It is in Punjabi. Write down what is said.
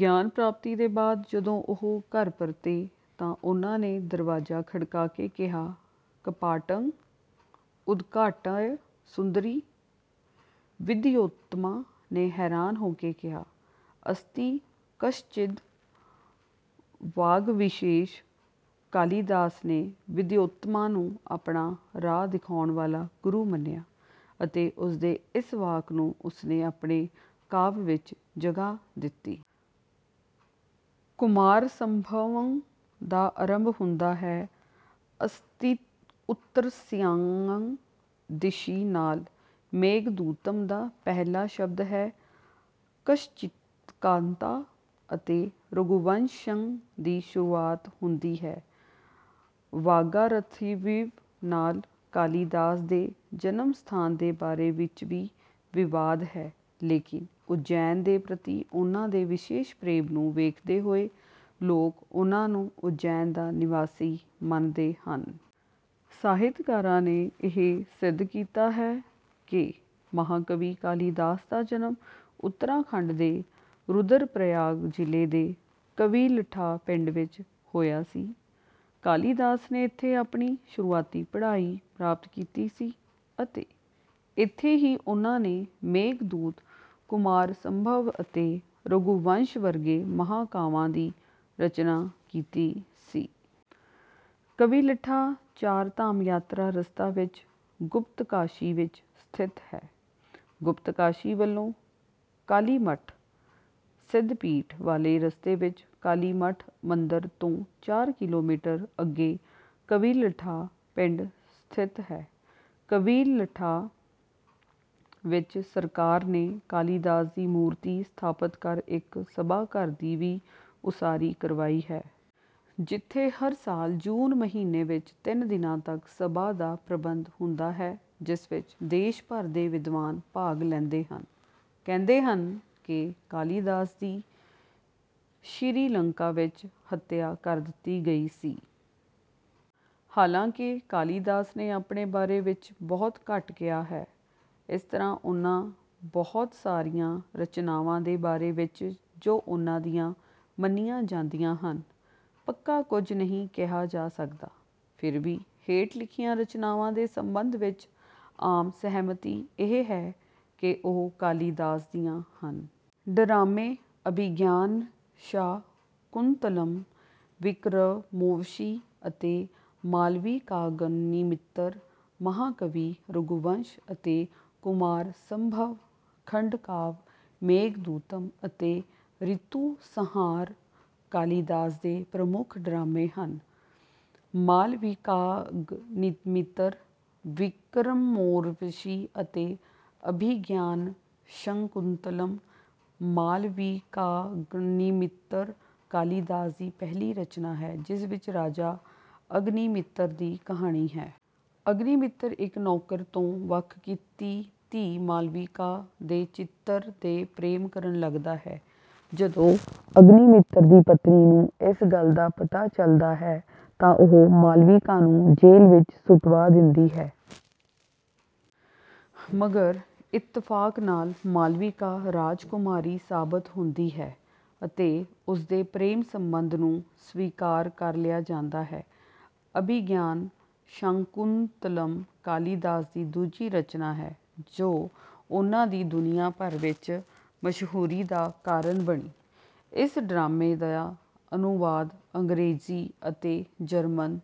ਗਿਆਨ ਪ੍ਰਾਪਤੀ ਦੇ ਬਾਅਦ ਜਦੋਂ ਉਹ ਘਰ ਪਰਤੇ ਤਾਂ ਉਨ੍ਹਾਂ ਨੇ ਦਰਵਾਜਾ ਖੜਕਾ ਕੇ ਕਿਹਾ ਕਪਾਟੰ ਉਦਘਾਟਿਅ ਸੁੰਦਰੀ। ਵਿਦਯੋੱਤਮਾ ਨੇ ਹੈਰਾਨ ਹੋਕੇ ਕਿਹਾ ਅਸਤੀ ਕਸ਼ਚਿਦ ਵਾਗਵਿਸ਼ੇਸ਼। ਕਾਲੀਦਾਸ ਨੇ ਵਿਦਯੋੱਤਮਾ ਨੂੰ ਆਪਣਾ ਰਾਹ ਦਿਖਾਉਣ ਵਾਲਾ ਗੁਰੂ ਮੰਨਿਆ ਅਤੇ ਉਸਦੇ ਇਸ ਵਾਕ ਨੂੰ ਉਸ ਨੇ ਆਪਣੇ ਕਾਵ ਵਿੱਚ ਜਗ੍ਹਾ ਦਿੱਤੀ। ਕੁਮਾਰਸੰਭਵੰ ਦਾ ਅਰੰਭ ਹੁੰਦਾ ਹੈ ਅਸਤਿਉੱਤਰਸਿਆੰ ਦਿਸ਼ਿ ਨਾਲ ਮੇਘਦੂਤਮ ਦਾ ਪਹਿਲਾ ਸ਼ਬਦ ਹੈ ਕਸ਼ਚਿਤਕਾਂਤਾ ਅਤੇ ਰਘੁਵੰਸ਼ੰ ਦੀ ਸ਼ੁਰੁਆਤ ਹੁੰਦੀ ਹੈ ਵਾਗਾਰਥਵਿਵ ਨਾਲ। ਕਾਲੀਦਾਸ ਦੇ ਜਨਮਸਥਾਨ ਦੇ ਬਾਰੇ ਵਿੱਚ ਵੀ ਵਿਵਾਦ ਹੈ ਲੇਕਿਨ ਉੱਜੈਨ ਦੇ ਪ੍ਰਤੀ ਉਨ੍ਹਾਂ ਦੇ ਵਿਸ਼ੇਸ਼ ਪ੍ਰੇਮ ਨੂੰ ਵੇਖਦੇ ਹੋਏ ਲੋਕ ਉਨ੍ਹਾਂ ਨੂੰ ਉੱਜੈਨ ਦਾ ਨਿਵਾਸੀ ਮੰਨਦੇ ਹਨ। ਸਾਹਿਤਕਾਰਾਂ ਨੇ ਇਹ ਸਿੱਧ ਕੀਤਾ ਹੈ ਕਿ ਮਹਾਕਵੀ ਕਾਲੀਦਾਸ ਦਾ ਜਨਮ ਉਤਰਾਖੰਡ ਦੇ ਰੁਦਰਪ੍ਰਯਾਗ ਜਿਲ੍ਹੇ ਦੇ ਕਵਿਲਠਾ ਪਿੰਡ ਵਿੱਚ ਹੋਇਆ ਸੀ। ਕਾਲੀਦਾਸ ਨੇ ਇੱਥੇ ਆਪਣੀ ਸ਼ੁਰੂਆਤੀ ਪੜ੍ਹਾਈ ਪ੍ਰਾਪਤ ਕੀਤੀ ਸੀ ਅਤੇ ਇੱਥੇ ਹੀ ਉਨ੍ਹਾਂ ਨੇ ਮੇਘਦੂਤ ਕੁਮਾਰਸੰਭਵ ਅਤੇ ਰਘੂਵੰਸ਼ ਵਰਗੇ ਮਹਾਂਕਾਵਾਂ ਦੀ ਰਚਨਾ ਕੀਤੀ ਸੀ। ਕਵਿਲਠਾ ਚਾਰਧਾਮ ਯਾਤਰਾ ਰਸਤਾ ਵਿੱਚ ਗੁਪਤਕਾਸ਼ੀ ਵਿੱਚ ਸਥਿਤ ਹੈ। ਗੁਪਤਕਾਸ਼ੀ ਵਲੋਂ ਕਾਲੀਮਠ ਸਿੱਧਪੀਠ ਵਾਲੇ ਰਸਤੇ ਵਿੱਚ ਕਾਲੀਮਠ ਮੰਦਿਰ ਤੋਂ ਚਾਰ ਕਿਲੋਮੀਟਰ ਅੱਗੇ ਕਵਿਲਠਾ ਪਿੰਡ ਸਥਿਤ ਹੈ। ਕਵਿਲਠਾ ਵਿੱਚ ਸਰਕਾਰ ਨੇ ਕਾਲੀਦਾਸ ਦੀ ਮੂਰਤੀ ਸਥਾਪਤ ਕਰ ਇੱਕ ਸਭਾ ਘਰ ਦੀ ਵੀ ਉਸਾਰੀ ਕਰਵਾਈ ਹੈ। ਜਿੱਥੇ ਹਰ ਸਾਲ ਜੂਨ ਮਹੀਨੇ ਵਿੱਚ ਤਿੰਨ ਦਿਨਾਂ ਤੱਕ ਸਭਾ ਦਾ ਪ੍ਰਬੰਧ ਹੁੰਦਾ ਹੈ ਜਿਸ ਵਿੱਚ ਦੇਸ਼ ਭਰ ਦੇ ਵਿਦਵਾਨ ਭਾਗ ਲੈਂਦੇ ਹਨ। ਕਹਿੰਦੇ ਹਨ ਕਿ ਕਾਲੀਦਾਸ ਦੀ ਸ਼ਿਰੀਲੰਕਾ ਵਿੱਚ ਹੱਤਿਆ ਕਰ ਦਿੱਤੀ ਗਈ ਸੀ। ਹਾਲਾਂਕਿ ਕਾਲੀਦਾਸ ਨੇ ਆਪਣੇ ਬਾਰੇ ਵਿੱਚ ਬਹੁਤ ਘੱਟ ਕਿਹਾ ਹੈ ਇਸ ਤਰ੍ਹਾਂ ਉਨ੍ਹਾਂ ਬਹੁਤ ਸਾਰੀਆਂ ਰਚਨਾਵਾਂ ਦੇ ਬਾਰੇ ਵਿੱਚ ਜੋ ਉਨ੍ਹਾਂ ਦੀਆਂ ਮੰਨੀਆਂ ਜਾਂਦੀਆਂ ਹਨ ਪੱਕਾ ਕੁੱਝ ਨਹੀਂ ਕਿਹਾ ਜਾ ਸਕਦਾ। ਫਿਰ ਵੀ ਹੇਠ ਲਿਖੀਆਂ ਰਚਨਾਵਾਂ ਦੇ ਸੰਬੰਧ ਵਿੱਚ ਆਮ ਸਹਿਮਤੀ ਇਹ ਹੈ ਕਿ ਉਹ ਕਾਲੀਦਾਸ ਦੀਆਂ ਹਨ। ਡਰਾਮੇ ਅਭਿਗਿਆਨਸ਼ਾਕੁੰਤਲਮ ਵਿਕਰਮੋਵਸ਼ੀ ਅਤੇ ਮਾਲਵਿਕਾਗਨਿਮਿਤਰ। ਮਹਾਂਕਾਵਿ ਰਘੁਵੰਸ਼ ਅਤੇ ਕੁਮਾਰਸੰਭਵ। ਖੰਡਕਾਵ ਮੇਘਦੂਤਮ ਅਤੇ ਰਿਤੁਸੰਹਾਰ। ਕਾਲੀਦਾਸ ਦੇ ਪ੍ਰਮੁੱਖ ਡਰਾਮੇ ਹਨ ਮਾਲਵਿਕਾਗਨਿਮਿਤਰ ਵਿਕਰਮੋਰਵਸ਼ੀ ਅਤੇ ਅਭਿਗਿਆਨਸ਼ਕੁੰਤਲਮ। ਮਾਲਵਿਕਾਗਨਿਮਿਤਰ ਕਾਲੀਦਾਸ ਦੀ ਪਹਿਲੀ ਰਚਨਾ ਹੈ ਜਿਸ ਵਿੱਚ ਰਾਜਾ ਅਗਨੀਮਿਤਰ ਦੀ ਕਹਾਣੀ ਹੈ। ਅਗਨੀਮਿਤਰ ਇੱਕ ਨੌਕਰ ਤੋਂ ਵੱਖ ਕੀਤੀ ਧੀ ਮਾਲਵਿਕਾ ਦੇ ਚਿੱਤਰ ਦੇ ਪ੍ਰੇਮ ਕਰਨ ਲੱਗਦਾ ਹੈ। ਜਦੋਂ ਅਗਨੀਮਿਤਰ ਦੀ ਪਤਨੀ ਨੂੰ ਇਸ ਗੱਲ ਦਾ ਪਤਾ ਚੱਲਦਾ ਹੈ ਤਾਂ ਉਹ ਮਾਲਵਿਕਾ ਨੂੰ ਜੇਲ੍ਹ ਵਿੱਚ ਸੁਟਵਾ ਦਿੰਦੀ ਹੈ। ਮਗਰ ਇਤਫਾਕ ਨਾਲ ਮਾਲਵਿਕਾ ਰਾਜਕੁਮਾਰੀ ਸਾਬਤ ਹੁੰਦੀ ਹੈ ਅਤੇ ਉਸਦੇ ਪ੍ਰੇਮ ਸੰਬੰਧ ਨੂੰ ਸਵੀਕਾਰ ਕਰ ਲਿਆ ਜਾਂਦਾ ਹੈ। ਅਭਿਗਿਆਨ ਸ਼ਾਕੁੰਤਲਮ ਕਾਲੀਦਾਸ ਦੀ ਦੂਜੀ ਰਚਨਾ ਹੈ ਜੋ ਉਨ੍ਹਾਂ ਦੀ ਦੁਨੀਆਂ ਭਰ ਵਿੱਚ ਮਸ਼ਹੂਰੀ ਦਾ ਕਾਰਨ ਬਣੀ। ਇਸ ਡਰਾਮੇ ਦਾ ਅਨੁਵਾਦ ਅੰਗਰੇਜ਼ੀ ਅਤੇ ਜਰਮਨ